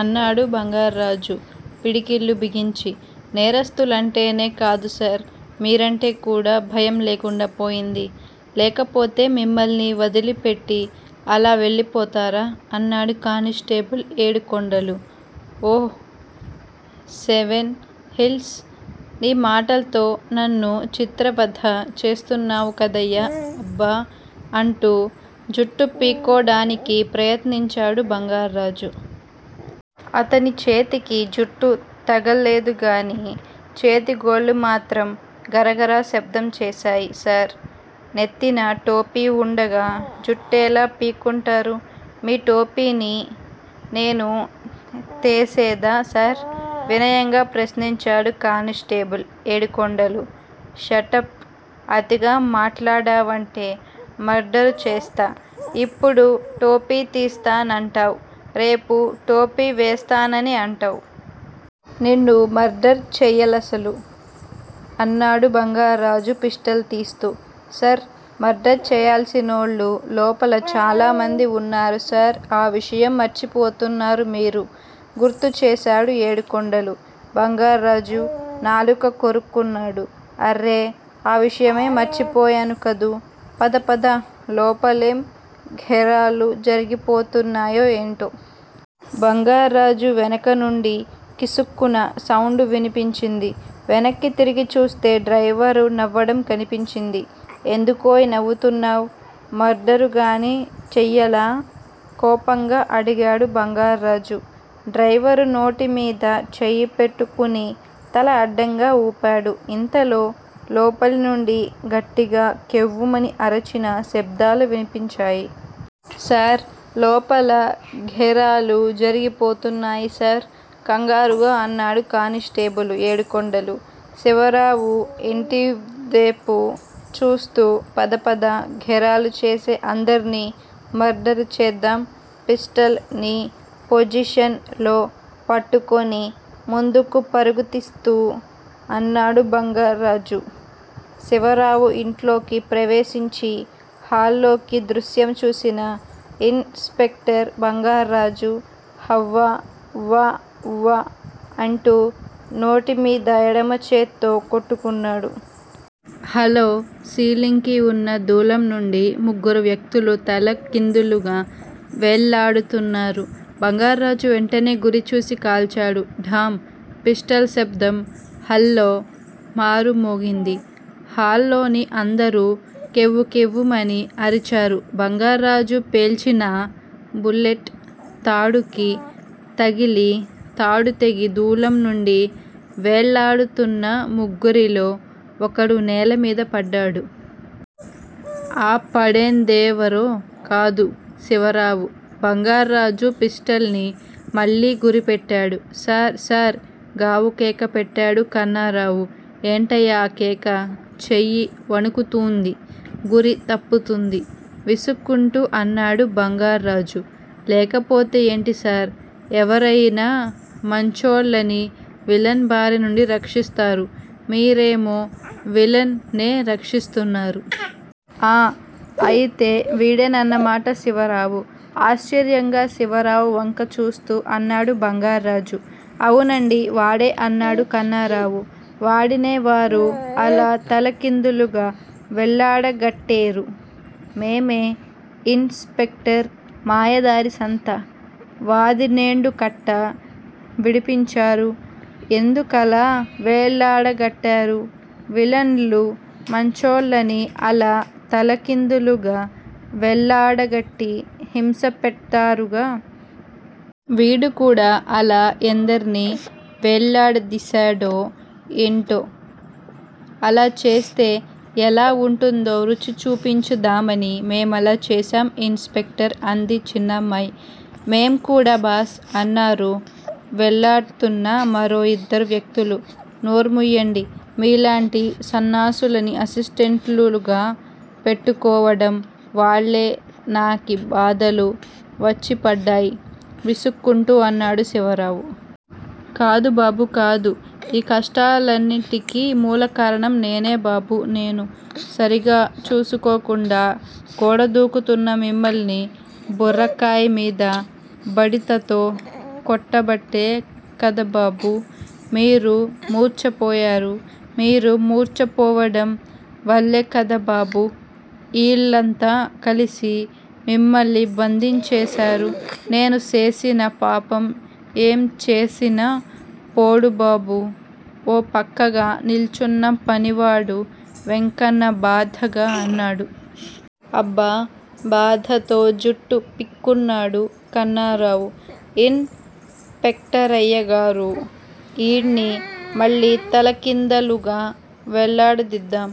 అన్నాడు బంగార్రాజు పిడికిళ్ళు బిగించి. నేరస్తులంటేనే కాదుసార్ మీరంటే కూడా భయంలేకుండా పోయింది. లేకపోతే మిమ్మల్ని వదిలిపెట్టి అలా వెళ్ళిపోతారా?! అన్నాడు constable Edukondalu. Oh seven hills! ని మాటల్తో నన్ను చిత్రవధ చేస్తున్నావు కదయ్యా అబ్బా! అంటూ జుట్టు పిక్కోడానికి ప్రయత్నించాడు బంగార్రాజు. అతని చేతికి జుట్టు తగల్లెదుగాని చేతిగోళ్ళు మాత్రం గరగరా శబ్దం చేశాయి. సార్! నెత్తిన టోపీ వుండగా జుట్టేలా పిక్కుంటారు? మీ టోపిని నేను తేసేదా సార్? వినయంగా ప్రశ్నించాడు కానిస్టేబుల్ ఏడుకొండలు. షటప్ అతిగా మాట్లాడావంటే మర్డరు చేస్తా. ఇప్పుడు టోపీ తీస్తా నంటావ్ రేపు టోపీ వేస్తానని అంటావ్. నిన్ను మర్డర్ చేయ్యలసలు అన్నాడు బంగార్రాజు పిస్టల్ తీస్తూ. సర్! మర్డర్ చెయ్యాల్సినోళ్ళు లోపల చాలామంది వున్నారు సార్ ఆ విషయం మార్చిపోతున్నారు మీరు గుర్తు చేశాడు ఏడుకొండలు. బంగార్రాజు నాలుక కొరుక్కున్నాడు. అర్రే ఆ విషయమే మర్చిపోయాను కదూ? పదపద లోపలేం ఘోరాలు జరిగిపోతున్నాయో ఎంటో?! బంగార్రాజు వెనుకనుండి కిసుక్కున సౌండు వినిపించింది. వెనక్కి తిరిగి చూస్తే డ్రైవరు నవ్వడం కనిపించింది. ఎందుకోయ్ నవ్వుతున్నావ్? మర్డరుగాని చెయ్యలా? కోపంగా అడిగాడు బంగార్రాజు. డ్రైవరు నోటి మీద చెయ్యి పెట్టుకుని తల అడ్డంగా ఊపాడు. ఇంతలో లోపలి నుండి గట్టిగా కెవ్వుమని అరిచిన శబ్దాలు వినిపించాయి. సార్! లోపల ఘోరాలు జరిగిపోతున్నాయి సార్ కంగారుగా అన్నాడు కానిస్టేబులు ఏడుకొండలు శివరావు ఇంటివ్తెపు చూస్తూ. పదపద ఘోరాలు చేసే అందర్నీ మర్డరు చేద్దాం పిస్టల్ ని పొజిషన్ లో పట్టుకొని ముందుకు పరుగుతిస్తూ అన్నాడు బంగార్రాజు. శివరావు ఇంట్లోకి ప్రవేశించి హాల్లోకి దృశ్యం చూసిన ఇన్ స్పెక్టర్ బంగార్రాజు హవ్వ వ్వ వ్వ అంటూ నోటిమీద ఎడమచేత్తో కొట్టుకున్నాడు. హలో సీలింగ్ కి ఉన్న దూలం నుండి ముగ్గురు వ్యక్తులు తలకిందులుగా వేళ్ళాడుతున్నారు. బంగార్రాజు వెంటనే గురిచూసి కాల్చాడు. ఢాం పిస్టల్ శబ్దం హల్లో మారు మోగింది. హాల్లోని అందరూ కెవ్వుకెవ్వుమని అరిచారు. బంగార్రాజు పేల్చినా బుల్లెట్ తాడుకి తగిలి తాడుతెగి దూలం నుండి వేళ్ళాడుతున్న ముగ్గురిలో ఒకడు నేలమీద పడ్డాడు. ఆ పడేందేవరో కాదు. శివరావు!! బంగార్రాజు పిస్టల్ ని మళ్ళి గురిపెట్టాడు. సార్ సార్ గావుకేక పెట్టాడు కన్నారావు. ఏంటయ్యా ఆ కేక? చెయ్యి వణుకుతూంది. గురి తప్పతుంది విసుక్కుంటూ అన్నాడు బంగార్రాజు. లేకపోతే ఏంటిసార్? ఎవరయినా మంచోళ్ళని విలన్ బారి నుండి రక్షిస్తారు. మీరేమో విలన్ నే రక్షిస్తున్నారు!! ఆ! అయితే విడేనన్నమాట శివరావు? ఆశ్చర్యంగా శివరావు వంక చూస్తూ అన్నాడు బంగార్రాజు. అవునండి వాడే అన్నాడు కన్నారావు. వాడినేవారు అలా తలకిందులుగా వెళ్లాడగాట్టేరు? మేమే ఇన్స్ పెక్టర్! మాయదారి సంత!! వాదినేండుకట్టా విడిపించారు?? ఎందుకలా వేళ్ళాడగట్టారు? విలన్లు మంచోళ్ళని అలా తలకిందులుగా వెళ్ళాడగట్టి హింసపెడ్తారుగా? వీడు కూడా అలా ఎందర్ని వేళ్ళాడదిశాడో ఎంటో?! అలా చేస్తే ఎలా వుంటుందో రుచి చూపించుదామని మేమలా చేశాం ఇన్స్ పెక్టర్ అంది చిన్నమ్మాయ్. మేం కూడా బాస్!! అన్నారు వెళ్లాడ్తున్న మరో ఇద్దరు వ్యక్తులు. నోర్ముయ్యండి. మీలాంటి సన్నాసులని అసిస్టెంట్లులుగా పెట్టుకోవడం వాళ్ళే నాకి బాదలు వచ్చిపడ్డాయ్ విసుక్కుంటూ అన్నాడు శివరావు. కాదుబాబూ కాదు! ఈ కష్టాలన్నింటికీ మూలకారణం నేనే బాబూ నేను. సరిగా చూసుకోకుండా గోడదూకుతున్న మిమ్మల్ని బుర్రకాయ్ మీద బడితతో కొట్టబట్టే కదబాబూ మీరు మూర్చపోయారు? మీరు మూర్చపోడం వల్లెకదబాబూ ఈళ్ళంతా కలసి మిమ్మల్ని బందించేశారు నేను సేసిన పాపం ఏం చేసినా పోడుబాబూ ఓ పక్కగా నిల్చున్న పనివాడు వెంకన్న బాధగా అన్నాడు. అబ్బా! బాధతో జుట్టు పిక్కున్నాడు కన్నారావు. ఇన్స్ పెక్టరయ్యగారూ ఈడ్ని మళ్ళి తలకిందలుగా వెళ్లాడదిద్దాం